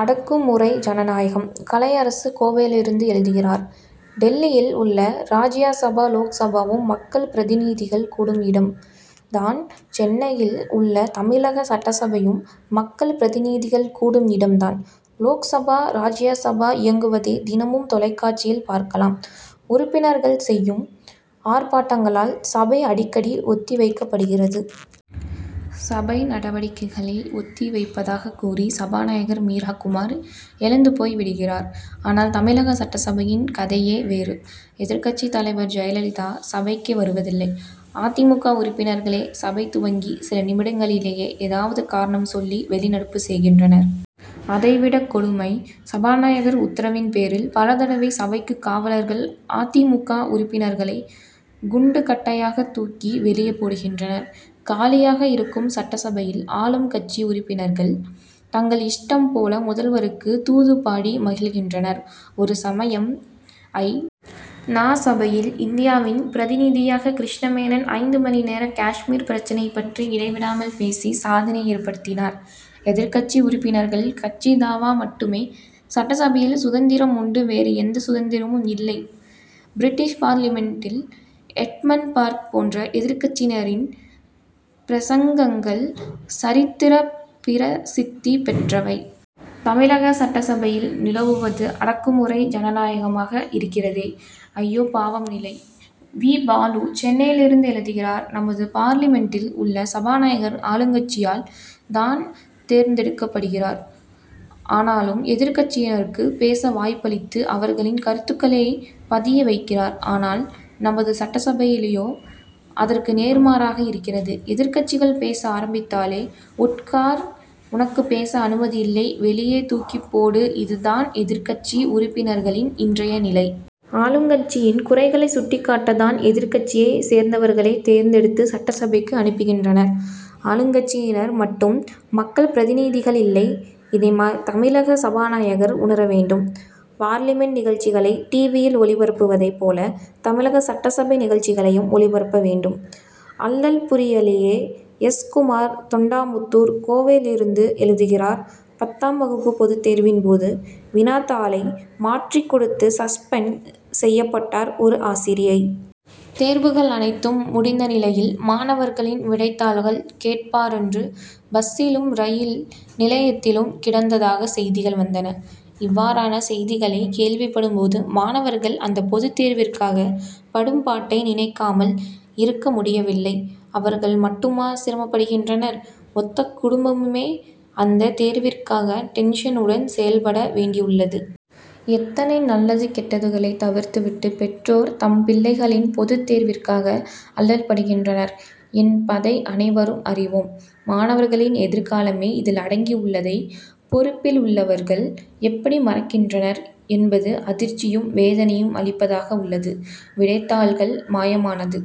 அடக்கு முறை ஜனநாயகம்! கலை அரசு கோவையிலிருந்து எழுதுகிறார் டில்லியில் உள்ள ராஜ்யசபா லோக்சபாவும் மக்கள் பிரதிநிதிகள் கூடும் இடம் தான் சென்னையில் உள்ள தமிழக சட்டசபையும் மக்கள் பிரதிநிதிகள் கூடும் இடம் தான். லோக்சபா ராஜ்யசபா இயங்குவதை தினமும் தொலைக்காட்சியில் பார்க்கலாம். உறுப்பினர்கள் செய்யும் ஆர்ப்பாட்டங்களால் சபை அடிக்கடி ஒத்தி வைக்கப்படுகிறது. சபை நடவடிக்கைகளை ஒத்தி வைப்பதாகக் கூறி சபாநாயகர் மீரா குமார் எழுந்து போய் விடுகிறார். ஆனால் தமிழக சட்டசபையின் கதை யே வேறு. எதிர்க்கட்சித் தலைவர் ஜெயலலிதா சபைக்கே வருவதில்லை. அ. தி. மு. க. உறுப்பினர்களோ சபை துவங்கிய சில நிமிடங்களிலேயே ஏதாவது காரணம் சொல்லி வெளிநடப்பு செய்கின்றனர். அதைவிட கொடுமை சபாநாயகர் உத்தரவின் பேரில் பல தடவை சபைக் காவலர்கள் அ. தி. மு. க. உறுப்பினர்களைக் குண்டுக் கட்டாகத் தூக்கி வெளியே போடுகின்றனர். காலியாக இருக்கும் சட்டசபையில் ஆளும் கட்சி உறுப்பினர்கள் தங்கள் இஷ்டம் போல முதல்வருக்கு துதிபாடி மகிழ்கின்றனர். ஒரு சமயம் ஐ. நா. சபையில் இந்தியாவின் பிரதிநிதியாக கிருஷ்ணமேனன் ஐந்து மணி நேரம் காஷ்மீர் பிரச்னை பற்றி இடைவிடாமல் பேசி சாதனை ஏற்படுத்தினார். எதிர்க்கட்சி உறுப்பினர்கள் கட்சி தாவ மட்டுமே சட்டசபையில் சுதந்திரம் உண்டு வேறு எந்த சுதந்திரமும் இல்லை. பிரிட்டிஷ் பார்லிமென்டில் எட்மண்ட் பர்க் போன்ற எதிர்க்கட்சியினரின் பிரசங்கங்கள் சரித்திரப் பிரசித்தி பெற்றவை. தமிழக சட்டசபையில் நிலவுவது அடக்குமுறை ஜனநாயகமாக இருக்கிறதே! ஐயோ பாவம்நிலை! வி. பாலு சென்னையிலிருந்து எழுதுகிறார் நமது பார்லிமென்டில் உள்ள சபாநாயகர் ஆளுங்கட்சியால் தான் தேர்ந்தெடுக்கப்படுகிறார். ஆனாலும் எதிர்க்கட்சியினருக்கு பேச வாய்ப்பளித்து அவர்களின் கருத்துக்களை பதிய வைக்கிறார். ஆனால் நமது சட்டசபையிலோ அதற்கு நேர்மாறாக இருக்கிறது எதிர்க்கட்சிகள் பேச ஆரம்பித்தாலே உட் கார் உனக்கு பேச அனுமதி இல்லை வெளியே தூக்கிப் போடுஇதுதான் எதிர்க்கட்சி உறுப்பினர்களின் இன்றைய நிலை. ஆளுங்கட்சியின் குறைகளை சுட்டிக்காட்டத் தான் எதிர்க்கட்சியை சேர்ந்தவர்களை தேர்ந்தெடுத்து சட்டசபைக்கு அனுப்புகின்றனர். ஆளுங்கட்சியினர் மட்டும் மக்கள் பிரதிநிதிகள் இல்லை. இதை தமிழக சபாநாயகர் உணர வேண்டும். பார்லிமென்ட் நிகழ்ச்சிகளை டிவியில் ஒளிபரப்புவதை போல தமிழக சட்டசபை நிகழ்ச்சிகளையும் ஒளிபரப்ப வேண்டும். அல்லல்புரியலியே! எஸ். குமார் தொண்டாமுத்தூர் கோவையிலிருந்து எழுதுகிறார் பத்தாம் வகுப்பு பொதுத்தேர்வின் போது வினாத்தாளை மாற்றிக் கொடுத்து சஸ்பெண்ட் செய்யப்பட்டார் ஒரு ஆசிரியை. தேர்வுகள் அனைத்தும் முடிந்த நிலையில் மாணவர்களின் விடைத்தாள்கள் கேட்பாரன்று பஸ்சிலும் ரயில் நிலையத்திலும் கிடந்ததாக செய்திகள் வந்தன. இவ்வாறான செய்திகளைக் கேள்விப்படும் போது மாணவர்கள் அந்த பொதுத் தேர்விற்காக படும் பாட்டை நினைக்காமல் இருக்க முடியவில்லை. அவர்கள் மட்டுமா சிரமப்படுகின்றனர்? மொத்த குடும்பமே அந்த தேர்விற்காக டென்ஷனுடன் செயல்பட வேண்டியுள்ளது. எத்தனை நல்லது கெட்டதுகளை தவிர்த்து விட்டு பெற்றோர் தம் பிள்ளைகளின் பொதுத் தேர்விற்காக அல்லல்படுகின்றனர் என் பதை அனைவரும் அறிவோம். மாணவர்களின் எதிர்காலமே இதில் அடங்கி உள்ளதை பொறுப்பிலுள்ளவர்கள் எப்படி மறக்கின்றனர் என்பது அதிர்ச்சியும் வேதனையும் அளிப்பதாக உள்ளது. விடைத்தாள்கள் மாயமானதும்